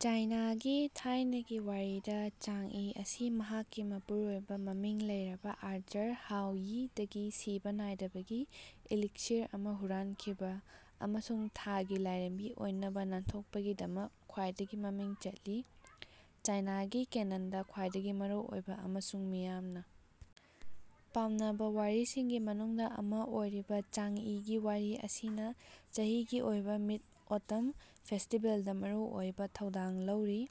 ꯆꯥꯏꯅꯥꯒꯤ ꯊꯥꯏꯅꯒꯤ ꯋꯥꯔꯤꯗ ꯆꯥꯡ ꯏ ꯑꯁꯤ ꯃꯍꯥꯛꯀꯤ ꯃꯄꯨꯔꯣꯏꯕ ꯃꯃꯤꯡ ꯂꯩꯔꯕ ꯑꯥꯔꯆꯔ ꯍꯥꯎ ꯌꯤ ꯗꯒꯤ ꯁꯤꯕ ꯅꯥꯏꯗꯕꯒꯤ ꯏꯂꯤꯛꯁꯤꯔ ꯑꯃ ꯍꯨꯔꯥꯟꯈꯤꯕ ꯑꯃꯁꯨꯡ ꯊꯥꯒꯤ ꯂꯥꯏꯔꯦꯝꯕꯤ ꯑꯣꯏꯅꯕ ꯅꯥꯟꯊꯣꯛꯄꯒꯤꯗꯃꯛ ꯈ꯭ꯋꯥꯏꯗꯒꯤ ꯃꯃꯤꯡ ꯆꯠꯂꯤ꯫ ꯆꯥꯏꯅꯥꯒꯤ ꯀꯦꯅꯟꯗ ꯈ꯭ꯋꯥꯏꯗꯒꯤ ꯃꯔꯨꯑꯣꯏꯕ ꯑꯃꯁꯨꯡ ꯃꯤꯌꯥꯝꯅ ꯄꯥꯝꯅꯕ ꯋꯥꯔꯤꯁꯤꯡꯒꯤ ꯃꯅꯨꯡꯗ ꯑꯃ ꯑꯣꯏꯔꯤꯕ ꯆꯥꯡ ꯏꯒꯤ ꯋꯥꯔꯤ ꯑꯁꯤꯅ ꯆꯍꯤꯒꯤ ꯑꯣꯏꯕ ꯃꯤꯗ ꯑꯣꯇꯝ ꯐꯦꯁꯇꯤꯕꯦꯜꯗ ꯃꯔꯨꯑꯣꯏꯕ ꯊꯧꯗꯥꯡ ꯂꯧꯔꯤ꯫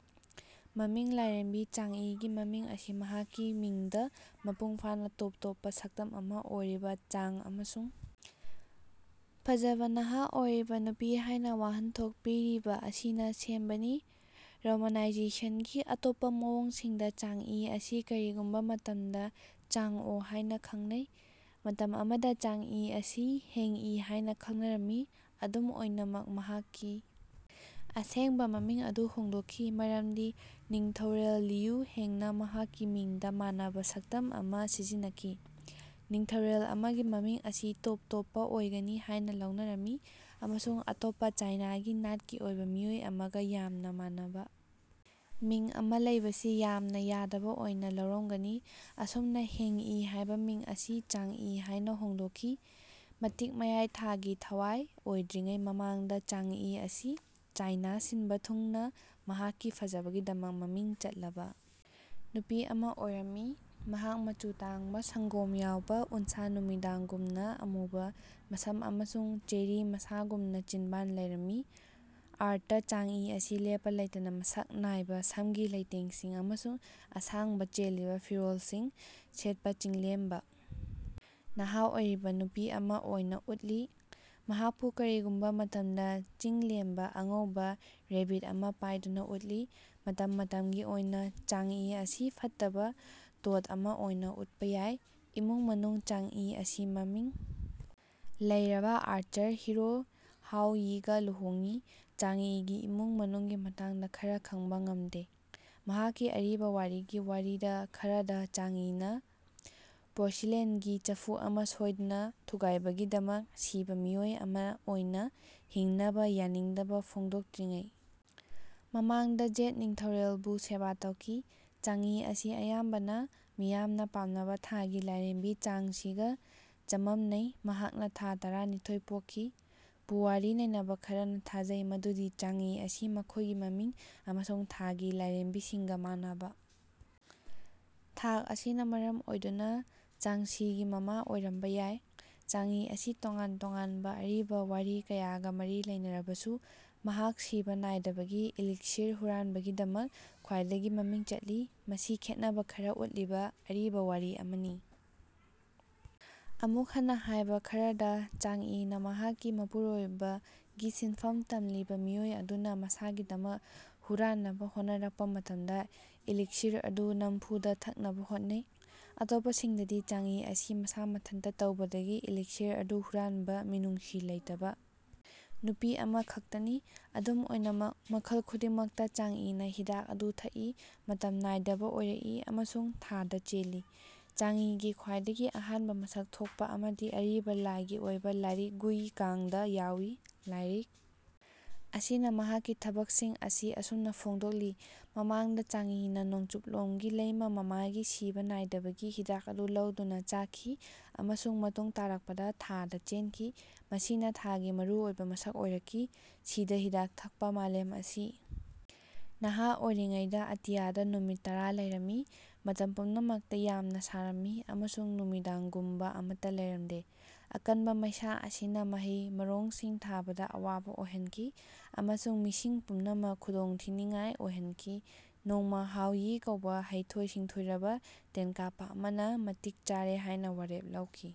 ꯃꯃꯤꯡ ꯂꯥꯏꯔꯦꯝꯕꯤ ꯆꯥꯡꯏꯒꯤ ꯃꯃꯤꯡ ꯑꯁꯤ ꯃꯍꯥꯛꯀꯤ ꯃꯤꯡꯗ ꯃꯄꯨꯡ ꯐꯥꯅ ꯇꯣꯞ ꯇꯣꯞꯄ ꯁꯛꯇꯝ ꯑꯃ ꯑꯣꯏꯔꯤꯕ ꯆꯥꯡ ꯑꯃꯁꯨꯡ ꯐꯖꯕ ꯅꯍꯥ ꯑꯣꯏꯔꯤꯕ ꯅꯨꯄꯤ ꯍꯥꯏꯅ ꯋꯥꯍꯟꯊꯣꯛ ꯄꯤꯔꯤꯕ ꯑꯁꯤꯅ ꯁꯦꯝꯕꯅꯤ꯫ ꯔꯣꯃꯥꯅꯥꯏꯖꯦꯁꯟꯒꯤ ꯑꯇꯣꯞꯄ ꯃꯑꯣꯡꯁꯤꯡꯗ ꯆꯥꯡ ꯏ ꯑꯁꯤ ꯀꯔꯤꯒꯨꯝꯕ ꯃꯇꯝꯗ ꯆꯥꯡ ꯑꯣ ꯍꯥꯏꯅ ꯈꯪꯅꯩ꯫ ꯃꯇꯝ ꯑꯃꯗ ꯆꯥꯡ ꯏ ꯑꯁꯤ ꯍꯦꯡ ꯏ ꯍꯥꯏꯅ ꯈꯪꯅꯔꯝꯃꯤ꯫ ꯑꯗꯨꯝ ꯑꯣꯏꯅꯃꯛ ꯃꯍꯥꯛꯀꯤ ꯑꯁꯦꯡꯕ ꯃꯃꯤꯡ ꯑꯗꯨ ꯍꯣꯡꯗꯣꯛꯈꯤ ꯃꯔꯝꯗꯤ ꯅꯤꯡꯊꯧꯔꯦꯜ ꯂꯤꯌꯨ ꯍꯦꯡ ꯅ ꯃꯍꯥꯛꯀꯤ ꯃꯤꯡꯗ ꯃꯥꯟꯅꯕ ꯁꯛꯇꯝ ꯑꯃꯥ ꯁꯤꯖꯤꯟꯅꯈꯤ꯫ ꯅꯤꯡꯊꯧꯔꯦꯜ ꯑꯃꯒꯤ ꯃꯃꯤꯡ ꯑꯁꯤ ꯇꯣꯞ ꯇꯣꯞꯄ ꯑꯣꯏꯒꯅꯤ ꯍꯥꯏꯅ ꯂꯧꯅꯔꯝꯃꯤ ꯑꯃꯁꯨꯡ ꯑꯇꯣꯞꯄ ꯆꯥꯏꯅꯥꯒꯤ ꯅꯥꯠꯀꯤ ꯑꯣꯏꯕ ꯃꯤꯑꯣꯏ ꯑꯃꯒ ꯌꯥꯝꯅ ꯃꯥꯟꯅꯕ ꯃꯤꯡ ꯑꯃ ꯂꯩꯕꯁꯤ ꯌꯥꯝꯅ ꯌꯥꯗꯕ ꯑꯣꯏꯅ ꯂꯧꯔꯝꯒꯅꯤ꯫ ꯑꯁꯨꯝꯅ ꯍꯦꯡ ꯏ ꯍꯥꯏꯕ ꯃꯤꯡ ꯑꯁꯤ ꯆꯥꯡ ꯏ ꯍꯥꯏꯅ ꯍꯣꯡꯗꯣꯛꯈꯤ꯫ ꯃꯇꯤꯛ ꯃꯌꯥꯏ ꯊꯥꯒꯤ ꯊꯋꯥꯏ ꯑꯣꯏꯗ꯭ꯔꯤꯉꯩ ꯃꯃꯥꯡꯗ ꯆꯥꯡ ꯏ ꯑꯁꯤ ꯆꯥꯏꯅꯥ ꯁꯤꯟꯕ ꯊꯨꯡꯅ ꯃꯍꯥꯛꯀꯤ ꯐꯖꯕꯒꯤꯗꯃꯛ ꯃꯃꯤꯡ ꯆꯠꯂꯕ ꯅꯨꯄꯤ ꯑꯃ ꯑꯣꯏꯔꯝꯃꯤ꯫ ꯃꯍꯥꯛ ꯃꯆꯨ ꯇꯥꯡꯕ ꯁꯪꯒꯣꯝ ꯌꯥꯎꯕ ꯎꯟꯁꯥ ꯅꯨꯃꯤꯗꯥꯡꯒꯨꯝꯅ ꯑꯃꯨꯕ ꯃꯁꯝ ꯑꯃꯁꯨꯡ ꯆꯦꯔꯤ ꯃꯁꯥꯒꯨꯝꯅ ꯆꯤꯟꯕꯥꯟ ꯂꯩꯔꯝꯃꯤ꯫ ꯑꯥꯔꯠꯇ ꯆꯥꯡ ꯏ ꯑꯁꯤ ꯂꯦꯞꯄ ꯂꯩꯇꯅ ꯃꯁꯛ ꯅꯥꯏꯕ ꯁꯝꯒꯤ ꯂꯩꯇꯦꯡꯁꯤꯡ ꯑꯃꯁꯨꯡ ꯑꯁꯥꯡꯕ ꯆꯦꯜꯂꯤꯕ ꯐꯤꯔꯣꯜꯁꯤꯡ ꯁꯦꯠꯄ ꯆꯤꯡꯂꯦꯝꯕ ꯅꯍꯥ ꯑꯣꯏꯔꯤꯕ ꯅꯨꯄꯤ ꯑꯃ ꯑꯣꯏꯅ ꯎꯠꯂꯤ꯫ ꯃꯍꯥꯛꯄꯨ ꯀꯔꯤꯒꯨꯝꯕ ꯃꯇꯝꯗ ꯆꯤꯡꯂꯦꯝꯕ ꯑꯉꯧꯕ ꯔꯦꯕꯤꯠ ꯑꯃ ꯄꯥꯏꯗꯨꯅ ꯎꯠꯂꯤ꯫ ꯃꯇꯝ ꯃꯇꯝꯒꯤ ꯑꯣꯏꯅ ꯆꯥꯡ ꯏ ꯑꯁꯤ ꯐꯠꯇꯕ ꯇꯣꯗ ꯑꯃ ꯑꯣꯏꯅ ꯎꯠꯄ ꯌꯥꯏ꯫ ꯏꯃꯨꯡ ꯃꯅꯨꯡ ꯆꯥꯡ ꯏ ꯑꯁꯤ ꯃꯃꯤꯡ ꯂꯩꯔꯕ ꯑꯥꯔꯆꯔ ꯍꯤꯔꯣ ꯍꯥꯎ ꯌꯤꯒ ꯂꯨꯍꯣꯡꯏ꯫ ꯆꯥꯡ ꯏꯒꯤ ꯏꯃꯨꯡ ꯃꯅꯨꯡꯒꯤ ꯃꯇꯥꯡꯗ ꯈꯔ ꯈꯪꯕ ꯉꯝꯗꯦ꯫ ꯃꯍꯥꯛꯀꯤ ꯑꯔꯤꯕ ꯋꯥꯔꯤꯒꯤ ꯋꯥꯔꯤ ꯈꯔꯗ ꯆꯥꯡ ꯏꯅ ꯄꯣꯔꯁꯤꯂꯦꯟꯒꯤ ꯆꯐꯨ ꯑꯃ ꯁꯣꯏꯗꯅ ꯊꯨꯒꯥꯏꯕꯒꯤꯗꯃꯛ ꯁꯤꯕ ꯃꯤꯑꯣꯏ ꯑꯃ ꯑꯣꯏꯅ ꯍꯤꯡꯅꯕ ꯌꯥꯅꯤꯡꯗꯕ ꯐꯣꯡꯗꯣꯛꯇ꯭ꯔꯤꯉꯩ ꯃꯃꯥꯡꯗ ꯖꯦꯗ ꯅꯤꯡꯊꯧꯔꯦꯜꯕꯨ ꯁꯦꯕꯥ ꯇꯧꯈꯤ꯫ ꯆꯥꯡ ꯏ ꯑꯁꯤ ꯑꯌꯥꯝꯕꯅ ꯃꯤꯌꯥꯝꯅ ꯄꯥꯝꯅꯕ ꯊꯥꯒꯤ ꯂꯥꯏꯔꯦꯝꯕꯤ ꯆꯥꯡꯁꯤꯒ ꯆꯃꯝꯅꯩ ꯃꯍꯥꯛꯅ ꯊꯥ ꯇꯔꯥꯅꯤꯊꯣꯏ ꯄꯣꯛꯈꯤ꯫ ꯄꯨꯋꯥꯔꯤ ꯅꯩꯅꯕ ꯈꯔꯅ ꯊꯥꯖꯩ ꯃꯗꯨꯗꯤ ꯆꯥꯡ ꯏ ꯑꯁꯤ ꯃꯈꯣꯏꯒꯤ ꯃꯃꯤꯡ ꯑꯃꯁꯨꯡ ꯊꯥꯒꯤ ꯂꯥꯏꯔꯦꯝꯕꯤꯁꯤꯡꯒ ꯃꯥꯟꯅꯕ ꯊꯥꯛ ꯑꯁꯤꯅ ꯃꯔꯝ ꯑꯣꯏꯗꯨꯅ ꯆꯥꯡꯁꯤꯒꯤ ꯃꯃꯥ ꯑꯣꯏꯔꯝꯕ ꯌꯥꯏ꯫ ꯆꯥꯡ ꯏ ꯑꯁꯤ ꯇꯣꯉꯥꯟ ꯇꯣꯉꯥꯟꯕ ꯑꯔꯤꯕ ꯋꯥꯔꯤ ꯀꯌꯥꯒ ꯃꯔꯤ ꯂꯩꯅꯔꯕꯁꯨ ꯃꯍꯥꯛ ꯁꯤꯕ ꯅꯥꯏꯗꯕꯒꯤ ꯏꯂꯤꯛꯁꯤꯔ ꯍꯨꯔꯥꯟꯕꯒꯤꯗꯃꯛ ꯈ꯭ꯋꯥꯏꯗꯒꯤ ꯃꯃꯤꯡ ꯆꯠꯂꯤ꯫ ꯃꯁꯤ ꯈꯦꯠꯅꯕ ꯈꯔ ꯎꯠꯂꯤꯕ ꯑꯔꯤꯕ ꯋꯥꯔꯤ ꯑꯃꯅꯤ꯫ ꯑꯃꯨꯛ ꯍꯟꯅ ꯍꯥꯏꯕ ꯈꯔꯗ ꯆꯥꯡ ꯏꯅ ꯃꯍꯥꯛꯀꯤ ꯃꯄꯨꯔꯣꯏꯕꯒꯤ ꯁꯤꯟꯐꯝ ꯇꯝꯂꯤꯕ ꯃꯤꯑꯣꯏ ꯑꯗꯨꯅ ꯃꯁꯥꯒꯤꯗꯃꯛ ꯍꯨꯔꯥꯟꯅꯕ ꯍꯣꯠꯅꯔꯛꯄ ꯃꯇꯝꯗ ꯏꯂꯤꯛꯁꯤꯔ ꯑꯗꯨ ꯅꯝꯐꯨꯗ ꯊꯛꯅꯕ ꯍꯣꯠꯅꯩ꯫ ꯑꯇꯣꯞꯄꯁꯤꯡꯗꯗꯤ ꯆꯥꯡ ꯏ ꯑꯁꯤ ꯃꯁꯥ ꯃꯊꯟꯇ ꯇꯧꯕꯗꯒꯤ ꯏꯂꯤꯛꯁꯤꯔ ꯑꯗꯨ ꯍꯨꯔꯥꯟꯕ ꯃꯤꯅꯨꯡꯁꯤ ꯂꯩꯇꯕ ꯅꯨꯄꯤ ꯑꯃꯈꯛꯇꯅꯤ꯫ ꯑꯗꯨꯝ ꯑꯣꯏꯅꯃꯛ ꯃꯈꯜ ꯈꯨꯗꯤꯡꯃꯛꯇ ꯆꯥꯡ ꯏꯅ ꯍꯤꯗꯥꯛ ꯑꯗꯨ ꯊꯛꯏ ꯃꯇꯝ ꯅꯥꯏꯗꯕ ꯑꯣꯏꯔꯛꯏ ꯑꯃꯁꯨꯡ ꯊꯥꯗ ꯆꯦꯜꯂꯤ꯫ ꯆꯥꯡ ꯏꯒꯤ ꯈ꯭ꯋꯥꯏꯗꯒꯤ ꯑꯍꯥꯟꯕ ꯃꯁꯛ ꯊꯣꯛꯄ ꯑꯃꯗꯤ ꯑꯔꯤꯕ ꯂꯥꯏꯒꯤ ꯑꯣꯏꯕ ꯂꯥꯏꯔꯤꯛ ꯒꯨꯏ ꯀꯥꯡ ꯗ ꯌꯥꯎꯏ꯫ ꯂꯥꯏꯔꯤꯛ ꯑꯁꯤꯅ ꯃꯍꯥꯛꯀꯤ ꯊꯕꯛꯁꯤꯡ ꯑꯁꯤ ꯑꯁꯨꯝꯅ ꯐꯣꯡꯗꯣꯛꯂꯤ ꯃꯃꯥꯡꯗ ꯆꯥꯡ ꯏꯅ ꯅꯣꯡꯆꯨꯞꯂꯣꯝꯒꯤ ꯂꯩꯃ ꯃꯃꯥꯒꯤ ꯁꯤꯕ ꯅꯥꯏꯗꯕꯒꯤ ꯍꯤꯗꯥꯛ ꯑꯗꯨ ꯂꯧꯗꯨꯅ ꯆꯥꯈꯤ ꯑꯃꯁꯨꯡ ꯃꯇꯨꯡ ꯇꯥꯔꯛꯄꯗ ꯊꯥꯗ ꯆꯦꯟꯈꯤ ꯃꯁꯤꯅ ꯊꯥꯒꯤ ꯃꯔꯨꯑꯣꯏꯕ ꯃꯁꯛ ꯑꯣꯏꯔꯛꯈꯤ꯫ ꯁꯤꯗ ꯍꯤꯗꯥꯛ ꯊꯛꯄ ꯃꯥꯂꯦꯝ ꯑꯁꯤ ꯅꯍꯥ ꯑꯣꯏꯔꯤꯉꯩꯗ ꯑꯇꯤꯌꯥꯗ ꯅꯨꯃꯤꯠ ꯇꯔꯥ ꯂꯩꯔꯝꯃꯤ꯫ ꯃꯇꯝ ꯄꯨꯝꯅꯃꯛꯇ ꯌꯥꯝꯅ ꯁꯥꯔꯝꯃꯤ ꯑꯃꯁꯨꯡ ꯅꯨꯃꯤꯗꯥꯡꯒꯨꯝꯕ ꯑꯃꯠꯇ ꯂꯩꯔꯝꯗꯦ꯫ ꯑꯀꯟꯕ ꯃꯩꯁꯥ ꯑꯁꯤꯅ ꯃꯍꯩ-ꯃꯔꯣꯡꯁꯤꯡ ꯊꯥꯕꯗ ꯑꯋꯥꯕ ꯑꯣꯏꯍꯟꯈꯤ ꯑꯃꯁꯨꯡ ꯃꯤꯁꯤꯡ ꯄꯨꯝꯅꯃꯛ ꯈꯨꯗꯣꯡꯊꯤꯅꯤꯡꯉꯥꯏ ꯑꯣꯏꯍꯟꯈꯤ꯫ ꯅꯣꯡꯃ ꯍꯥꯎ ꯌꯤ ꯀꯧꯕ ꯍꯩꯊꯣꯏ ꯁꯤꯡꯊꯣꯏꯔꯕ ꯇꯦꯟꯀꯥꯞꯄ ꯑꯃꯅ ꯃꯇꯤꯛ ꯆꯥꯔꯦ ꯍꯥꯏꯅ ꯋꯥꯔꯦꯞ ꯂꯧꯈꯤ꯫